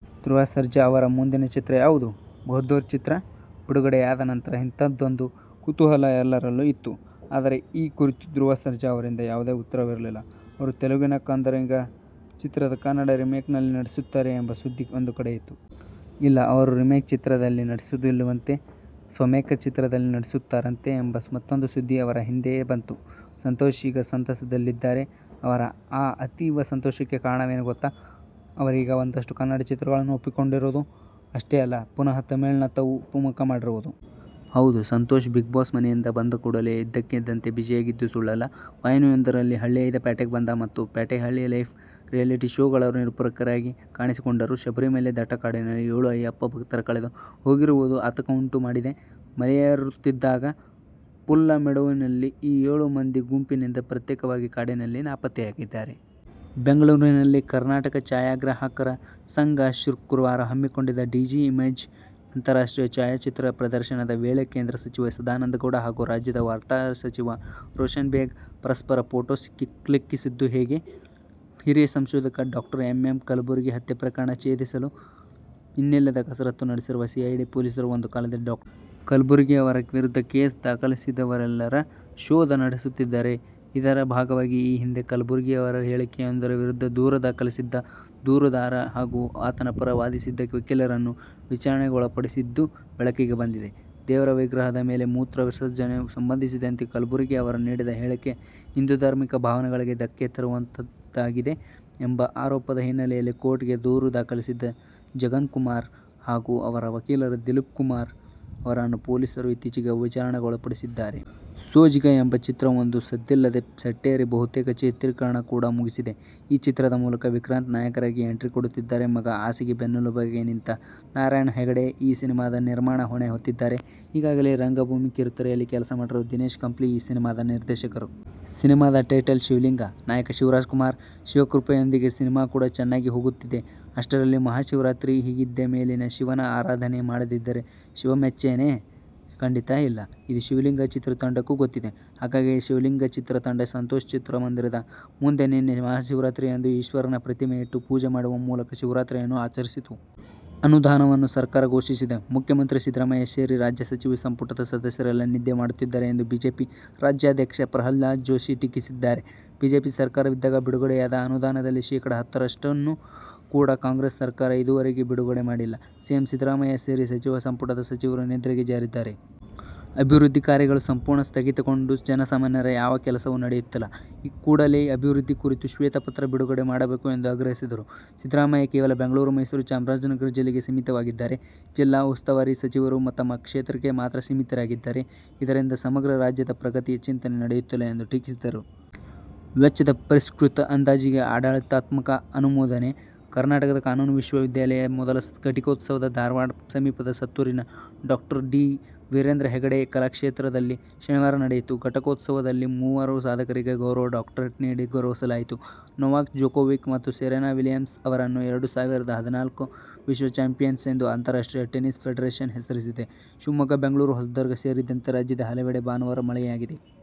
ಧ್ರುವ ಸರ್ಜಾ ಅವರ ಮುಂದಿನ ಚಿತ್ರ ಯಾವುದು? "ಬಹದ್ದೂರ್' ಚಿತ್ರ ಬಿಡುಗಡೆಯಾದ ನಂತರ ಇಂಥದ್ದೊಂದು ಕುತೂಹಲ ಎಲ್ಲರಲ್ಲೂ ಇತ್ತು. ಆದರೆ, ಈ ಕುರಿತು ಧ್ರುವ ಸರ್ಜಾ ಅವರಿಂದ ಯಾವುದೇ ಉತ್ತರವಿರಲಿಲ್ಲ. ಅವರು ತೆಲುಗಿನ "ಕಂದರೀಗ' ಚಿತ್ರದ ಕನ್ನಡ ರೀಮೇಕ್ನಲ್ಲಿ ನಟಿಸುತ್ತಾರೆ ಎಂಬ ಸುದ್ದಿ ಒಂದು ಕಡೆ ಇತ್ತು. ಇಲ್ಲ, ಅವರು ರೀಮೇಕ್ ಚಿತ್ರದಲ್ಲಿ ನಟಿಸುವುದಿಲ್ಲವಂತೆ, ಸ್ವಮೇಕ್ ಚಿತ್ರದಲ್ಲೇ ನಟಿಸುತ್ತಾರಂತೆ ಎಂಬ ಮತ್ತೂಂದು ಸುದ್ದಿ ಅದರ ಹಿಂದೆಯೇ ಬಂತು. ಸಂತೋಷ್ ಈಗ ಸಂತಸದಲ್ಲಿದ್ದಾರೆ. ಅವರ ಆ ಅತೀವ ಸಂತಸಕ್ಕೆ ಕಾರಣವೇನು ಗೊತ್ತಾ? ಅವರೀಗ ಒಂದಷ್ಟು ಕನ್ನಡ ಚಿತ್ರಗಳನ್ನು ಒಪ್ಪಿಕೊಂಡಿರೋದು. ಅಷ್ಟೇ ಅಲ್ಲ, ಪುನಃ ತಮಿಳಿನತ್ತವೂ ಮುಖ ಮಾಡಿರೋದು. ಹೌದು, ಸಂತೋಷ್ "ಬಿಗ್ಬಾಸ್' ಮನೆಯಿಂದ ಬಂದಕೂಡಲೇ ಇದ್ದಕ್ಕಿದ್ದಂತೆ ಬಿಝಿಯಾಗಿದ್ದು ಸುಳ್ಳಲ್ಲ. ವಾಹಿನಿಯೊಂದರಲ್ಲಿ "ಹಳ್ಳಿಹೈದ ಪ್ಯಾಟೆಗ್ ಬಂದ' ಮತ್ತು "ಪ್ಯಾಟೆ ಹಳ್ಳಿ ಲೈಫ್' ರಿಯಾಲಿಟಿ ಶೋಗಳ ನಿರೂಪಕರಾಗಿ ಕಾಣಿಸಿಕೊಂಡರು. ಶಬರಿಮಲೆ ದಟ್ಟ ಕಾಡಿನಲ್ಲಿ ಏಳು ಅಯ್ಯಪ್ಪ ಭಕ್ತರು ಕಳೆದು ಹೋಗಿರುವುದು ಆತಂಕವುಂಟು ಮಾಡಿದೆ. ಮಲೆಯೇರುತ್ತಿದ್ದಾಗ ಪುಲ್ಲಮೇಡುವಿನಲ್ಲಿ ಈ ಏಳು ಮಂದಿ ಗುಂಪಿನಿಂದ ಪ್ರತ್ಯೇಕವಾಗಿ ಕಾಡಿನಲ್ಲಿ ನಾಪತ್ತೆಯಾಗಿದ್ದಾರೆ. ಬೆಂಗಳೂರಿನಲ್ಲಿ ಕರ್ನಾಟಕ ಛಾಯಾಗ್ರಾಹಕರ ಸಂಘ ಶುಕ್ರವಾರ ಹಮ್ಮಿಕೊಂಡಿದ್ದ "ಡಿಜಿ ಇಮೇಜ್' ಅಂತಾರಾಷ್ಟ್ರೀಯ ಛಾಯಾಚಿತ್ರ ಪ್ರದರ್ಶನದ ವೇಳೆ ಕೇಂದ್ರ ಸಚಿವ ಸದಾನಂದ ಗೌಡ ಹಾಗೂ ರಾಜ್ಯದ ವಾರ್ತಾ ಸಚಿವ ರೋಷನ್ ಬೇಗ್ ಪರಸ್ಪರ ಫೋಟೊ ಕ್ಲಿಕ್ಕಿಸಿದ್ದು ಹೀಗೆ. ಹಿರಿಯ ಸಂಶೋಧಕ ಡಾ. ಎಂ. ಎಂ. ಕಲಬುರ್ಗಿ ಹತ್ಯೆ ಪ್ರಕರಣ ಭೇದಿಸಲು ಇನ್ನಿಲ್ಲದ ಕಸರತ್ತು ನಡೆಸಿರುವ ಸಿಐಡಿ ಪೊಲೀಸರು, ಒಂದು ಕಾಲದಲ್ಲಿ ಡಾ. ಕಲಬುರ್ಗಿ ಅವರ ವಿರುದ್ಧ ಕೇಸು ದಾಖಲಿಸಿದವರೆಲ್ಲರ ಶೋಧ ನಡೆಸುತ್ತಿದ್ದಾರೆ. ಇದರ ಭಾಗವಾಗಿ ಈ ಹಿಂದೆ ಕಲಬುರ್ಗಿ ಅವರ ಹೇಳಿಕೆಯೊಂದರ ವಿರುದ್ಧ ದೂರು ದಾಖಲಿಸಿದ್ದ ದೂರುದಾರ ಹಾಗೂ ಆತನ ಪರ ವಾದಿಸಿದ್ದ ವಕೀಲರನ್ನೂ ವಿಚಾರಣೆಗೊಳಪಡಿಸಿದ್ದು ಬೆಳಕಿಗೆ ಬಂದಿದೆ. ದೇವರ ವಿಗ್ರಹದ ಮೇಲೆ ಮೂತ್ರ ವಿಸರ್ಜನೆಗೆ ಸಂಬಂಧಿಸಿದಂತೆ ಕಲಬುರ್ಗಿ ಅವರು ನೀಡಿದ ಹೇಳಿಕೆ ಹಿಂದೂ ಧಾರ್ಮಿಕ ಭಾವನೆಗಳಿಗೆ ಧಕ್ಕೆ ತರುವಂತಹದ್ದಾಗಿದೆ ಎಂಬ ಆರೋಪದ ಹಿನ್ನೆಲೆಯಲ್ಲಿ ಕೋರ್ಟ್ಗೆ ದೂರು ದಾಖಲಿಸಿದ್ದ ಜಗನ್ಕುಮಾರ್ ಹಾಗೂ ಅವರ ವಕೀಲರ ದಿಲೀಪ್ಕುಮಾರ್ ಅವರನ್ನು ಪೊಲೀಸರು ಇತ್ತೀಚೆಗೆ ವಿಚಾರಣೆಗೊಳಪಡಿಸಿದ್ದಾರೆ. "ಸೋಜಿಗ' ಎಂಬ ಚಿತ್ರವೊಂದು ಸದ್ದಿಲ್ಲದೇ ಸೆಟ್ಟೇರಿ ಬಹುತೇಕ ಚಿತ್ರೀಕರಣ ಕೂಡಾ ಮುಗಿಸಿದೆ. ಈ ಚಿತ್ರದ ಮೂಲಕ ವಿಕ್ರಾಂತ್ ನಾಯಕರಾಗಿ ಎಂಟ್ರಿಕೊಡುತ್ತಿದ್ದಾರೆ. ಮಗ ಆಸೆಗೆ ಬೆನ್ನೆಲುಬಾಗಿ ನಿಂತ ನಾರಾಯಣ ಹೆಗಡೆ ಈ ಸಿನಿಮಾದ ನಿರ್ಮಾಣದ ಹೊಣೆ ಹೊತ್ತಿದ್ದಾರೆ. ಈಗಾಗಲೇ ರಂಗಭೂಮಿ, ಕಿರುತೆರೆಯಲ್ಲಿ ಕೆಲಸ ಮಾಡಿರುವ ದಿನೇಶ್ ಕಂಪ್ಲಿ ಈ ಸಿನಿಮಾದ ನಿರ್ದೇಶಕರು. ಸಿನಿಮಾದ ಟೈಟಲ್ "ಶಿವಲಿಂಗ', ನಾಯಕ ಶಿವರಾಜಕುಮಾರ್, ಶಿವಕೃಪೆಯೊಂದಿಗೆ ಸಿನಿಮಾ ಕೂಡಾ ಚೆನ್ನಾಗಿ ಹೋಗುತ್ತಿದೆ. ಅಷ್ಟರಲ್ಲೇ ಮಹಾಶಿವರಾತ್ರಿ ಹೀಗಿದ್ದ ಮೇಲೆ ಶಿವನ ಆರಾಧನೆ ಮಾಡದಿದ್ದರೆ ಶಿವಮೆಚ್ಚನೇ? ಖಂಡಿತಾ ಇಲ್ಲ, ಇದು "ಶಿವಲಿಂಗ' ಚಿತ್ರತಂಡಕ್ಕೂ ಗೊತ್ತಿದೆ. ಹಾಗಾಗಿಯೇ "ಶಿವಲಿಂಗ' ಚಿತ್ರತಂಡ ಸಂತೋಷ್ ಚಿತ್ರಮಂದಿರದ ಮುಂದೆ ನಿನ್ನೆ ಮಹಾಶಿವರಾತ್ರಿಯಂದು ಈಶ್ವರನ ಪ್ರತಿಮೆ ಇಟ್ಟು ಪೂಜೆ ಮಾಡುವ ಮೂಲಕ ಶಿವರಾತ್ರಿಯನ್ನು ಆಚರಿಸಿತು. ಅನುದಾನವನ್ನು ಸರ್ಕಾರ ಘೋಷಿಸಿದೆ. ಮುಖ್ಯಮಂತ್ರಿ ಸಿದ್ದರಾಮಯ್ಯ ಸೇರಿ ರಾಜ್ಯ ಸಚಿವ ಸಂಪುಟದ ಸದಸ್ಯರೆಲ್ಲಾ ನಿದ್ದೆ ಮಾಡುತ್ತಿದ್ದಾರೆ ಎಂದು ಬಿಜೆಪಿ ರಾಜ್ಯಾಧ್ಯಕ್ಷ ಪ್ರಹ್ಲಾದ ಜೋಶಿ ಟೀಕಿಸಿದ್ದಾರೆ. ಬಿಜೆಪಿ ಸರ್ಕಾರವಿದ್ದಾಗ ಬಿಡುಗಡೆಯಾದ ಅನುದಾನದಲ್ಲಿ ಶೇಖಡ ಹತ್ತರಷ್ಟನ್ನೂ ಕೂಡ ಕಾಂಗ್ರೆಸ್ ಸರ್ಕಾರ ಇದುವರೆಗೂ ಬಿಡುಗಡೆ ಮಾಡಿಲ್ಲ. ಸಿಎಂ ಸಿದ್ದರಾಮಯ್ಯ ಸೇರಿ ಸಚಿವ ಸಂಪುಟದ ಸಚಿವರು ನಿದ್ರೆಗೆ ಜಾರಿದ್ದಾರೆ. ಅಭಿವೃದ್ಧಿ ಕಾರ್ಯಗಳು ಸಂಪೂರ್ಣ ಸ್ಥಗಿತಗೊಂಡು ಜನಸಾಮಾನ್ಯರ ಯಾವ ಕೆಲಸವೂ ನಡೆಯುತ್ತಿಲ್ಲ. ಕೂಡಲೇ ಅಭಿವೃದ್ಧಿ ಕುರಿತು ಶ್ವೇತಪತ್ರ ಬಿಡುಗಡೆ ಮಾಡಬೇಕು ಎಂದು ಆಗ್ರಹಿಸಿದರು. ಸಿದ್ದರಾಮಯ್ಯ ಕೇವಲ ಬೆಂಗಳೂರು, ಮೈಸೂರು, ಚಾಮರಾಜನಗರ ಜಿಲ್ಲೆಗೆ ಸೀಮಿತವಾಗಿದ್ದರೆ, ಜಿಲ್ಲಾ ಉಸ್ತುವಾರಿ ಸಚಿವರು ತಮ್ಮ ಕ್ಷೇತ್ರಕ್ಕೆ ಮಾತ್ರ ಸೀಮಿತರಾಗಿದ್ದಾರೆ. ಇದರಿಂದ ಸಮಗ್ರ ರಾಜ್ಯದ ಪ್ರಗತಿಯ ಚಿಂತನೆ ನಡೆಯುತ್ತಿಲ್ಲ ಎಂದು ಟೀಕಿಸಿದರು. ವೆಚ್ಚದ ಪರಿಷ್ಕೃತ ಅಂದಾಜಿಗೆ ಆಡಳಿತಾತ್ಮಕ ಅನುಮೋದನೆ. ಕರ್ನಾಟಕ ಕಾನೂನು ವಿಶ್ವ ವಿದ್ಯಾಲಯ ಮೊದಲ ಘಟಿಕೋತ್ಸವ ಧಾರವಾಡ ಸಮೀಪದ ಸತ್ತೂರಿನ ಡಾ ಡಿ. ವೀರೇಂದ್ರ ಹೆಗ್ಗಡೆ ಕಲಾಕ್ಷೇತ್ರದಲ್ಲಿ ಶನಿವಾರ ನಡೆಯಿತು. ಘಟಿಕೋತ್ಸವದಲ್ಲಿ ಮೂವರು ಸಾಧಕರಿಗೆ ಗೌರವ ಡಾಕ್ಟರೇಟ್ ನೀಡಿ ಗೌರವಿಸಲಾಯಿತು. ನೊವಾಕ್ ಜೊಕೋವಿಕ್ ಮತ್ತು ಸೆರೆನಾ ವಿಲಿಯಮ್ಸ್ ಅವರನ್ನು ಎರಡು ಸಾವಿರದ ಹದಿನಾಲ್ಕರ ವಿಶ್ವ ಚಾಂಪಿಯನ್ಸ್ ಎಂದು ಅಂತಾರಾಷ್ಟ್ರೀಯ ಟೆನಿಸ್ ಫೆಡರೇಶನ್ ಹೆಸರಿಸಿದೆ. ಶಿವಮೊಗ್ಗ, ಬೆಂಗಳೂರು, ಹೊಸದುರ್ಗ ಸೇರಿದಂತೆ ರಾಜ್ಯದ ಹಲವೆಡೆ ಭಾನುವಾರ ಮಳೆಯಾಗಿದೆ.